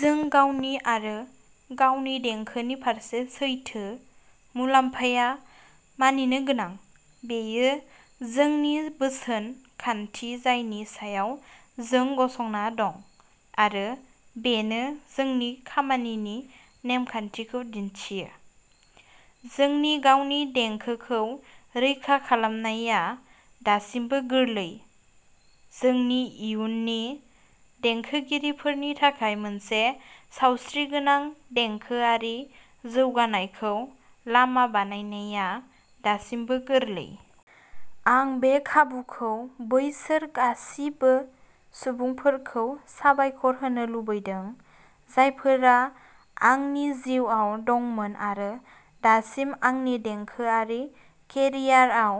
जों गावनि आरो गावनि देंखोनि फारसे सैथो, मुलाम्फाया मानिनो गोनां। बेयो जोंनि बोसोन खान्थि जायनि सायाव जों गसंना दं, आरो बेनो जोंनि खामानिनि नेम-खान्थिखौ दिन्थियो। जोंनि गावनि देंखोखौ रैखा खालामनाया दासिमबो गोरलै। जोंनि इयुननि देंखोगिरिफोरनि थाखाय मोनसे सावस्रिगोनां देंखोआरि जौगानायखौ लामा बानायनाया दासिमबो गोरलै। आं बे खाबुखौ बैसोर गासिबो सुबुंफोरखौ साबायखर होनो लुबैदों, जायफोरा आंनि जिउआव दंमोन आरो दासिम आंनि देंखोआरि केरियारआव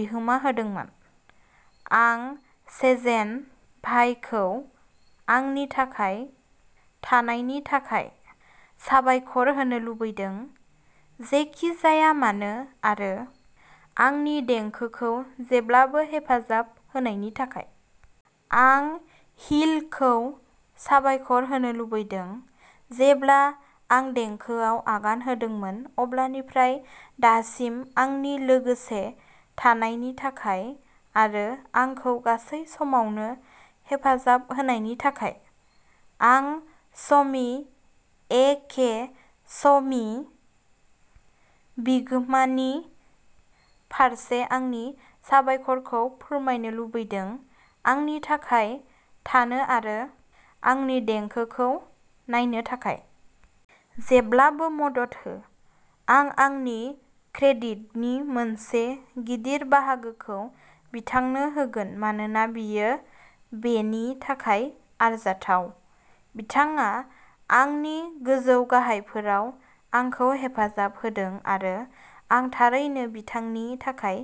बिहोमा होदोंमोन। आं सेजेन भाइखौ आंनि थाखाय थानायनि थाखाय साबायखर होनो लुबैदों, जेखि जाया मानो आरो आंनि देंखोखौ जेब्लाबो हेफाजाब होनायनि थाखाय। आं "हील" खौ साबायखर होनो लुबैदों, जेब्ला आं देंखोआव आगान होदोंमोन अब्लानिफ्राय दासिम आंनि लोगोसे थानायनि थाखाय आरो आंखौ गासै समावनो हेफाजाब होनायनि थाखाय। आं समी ए. के. समी, बिगोमा नि फारसे आंनि साबायखरखौ फोरमायनो लुबैदों, आंनि थाखाय थानो आरो आंनि देंखोखौ नायनो थाखाय। जेब्लाबो मदद हो। आं आंनि क्रेडिटनि मोनसे गिदिर बाहागोखौ बिथांनो होगोन मानोना बियो बेनि थाखाय आरजाथाव। बिथाङा आंनि गोजौ-गाहायफोराव आंखौ हेफाजाब होदों आरो आं थारैनो बिथांनि थाखाय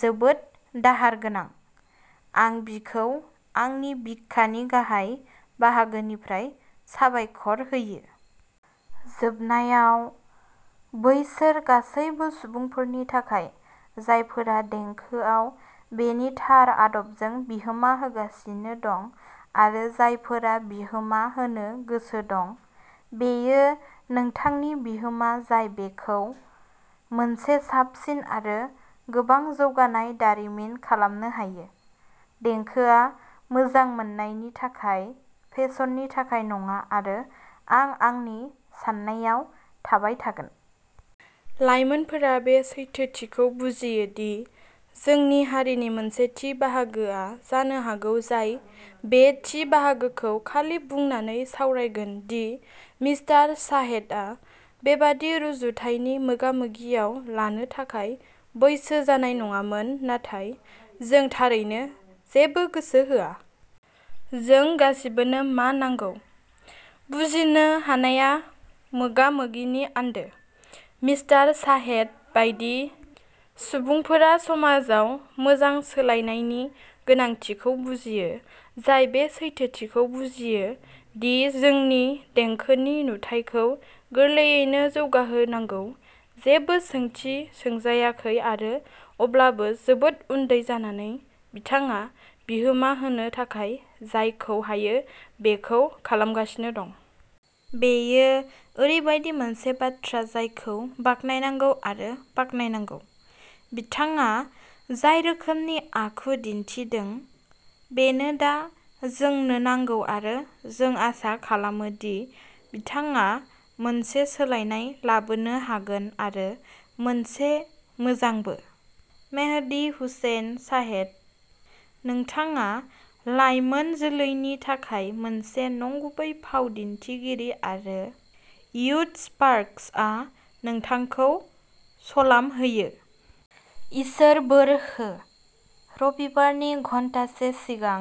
जोबोद दाहार गोनां। आं बिखौ आंनि बिखानि गाहाय बाहागोनिफ्राय साबायखर होयो। जोबनायाव, बैसोर गासैबो सुबुंफोरनि थाखाय जायफोरा देंखोआव बेनि थार आदबजों बिहोमा होगासिनो दं आरो जायफोरा बिहोमा होनो गोसो दं, बेयो नोंथांनि बिहोमा जाय बेखौ मोनसे साबसिन आरो गोबां जौगानाय दारिमिन खालामनो हायो। देंखोआ मोजां मोननायनि थाखाय, फेसननि थाखाय नङा आरो आं आंनि साननायाव थाबाय थागोन। लाइमोनफोरा बे सैथोथिखौ बुजियो दि जोंनि हारिनि मोनसे थि बाहागोआ जानो हागौ जाय बे थि बाहागोखौ खालि बुंनानै सावरायगोन दि मिस्टार शाहेदआ बेबादि रुजुथायनि मोगा-मोगियाव लानो थाखाय बैसो जानाय नङामोन, नाथाय, जों थारैनो जेबो गोसो होआ। जों गासिबोनो मा नांगौ। बुजिनो हानाया मोगा मोगिनि आन्दो। मिस्टार शाहेद बायदि सुबुंफोरा समाजाव मोजां सोलायनायनि गोनांथिखौ बुजियो, जाय बे सैथोथिखौ बुजियो दि जोंनि देंखोनि नुथायखौ गोरलैयैनो जौगाहोनांगौ, जेबो सोंथि सोंजायाखै आरो अब्लाबो जोबोद उन्दै जानानै, बिथाङा बिहोमा होनो थाखाय जायखौ हायो बेखौ खालामगासिनो दं। बेयो ओरैबायदि मोनसे बाथ्रा जायखौ बाख्नायनांगौ आरो बाख्नायनांगौ। बिथाङा जाय रोखोमनि आखु दिन्थिदों, बेनो दा जोंनो नांगौ आरो जों आसा खालामो दि बिथाङा मोनसे सोलायनाय लाबोनो हागोन-आरो मोनसे मोजांबो। मेहदी हुसैन शाहेद, नोंथाङा लाइमोन जोलैनि थाखाय मोनसे नंगुबै फाव दिन्थिगिरि आरो युथस्पार्क्सआ नोंथांखौ सलाम होयो। इसोर बोर हो। रबिबारनि घन्टासे सिगां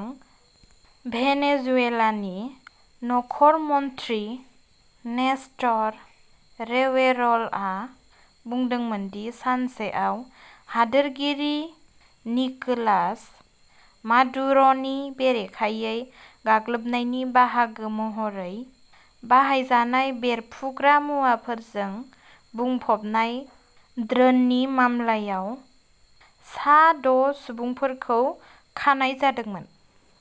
भेनेजुएलानि नखर मन्थ्रि नेस्टर रेवेरलआ बुंदोंमोन दि सानसेआव हादोरगिरि निकोलास मादुर'नि बेरेखायै गाग्लोबनायनि बाहागो महरै बाहायजानाय बेरफ्रुग्रा मुवाफोरजों बुंफबनाय ड्रोननि मामलायाव सा द'सुबुंफोरखौ खानाय जादोंमोन।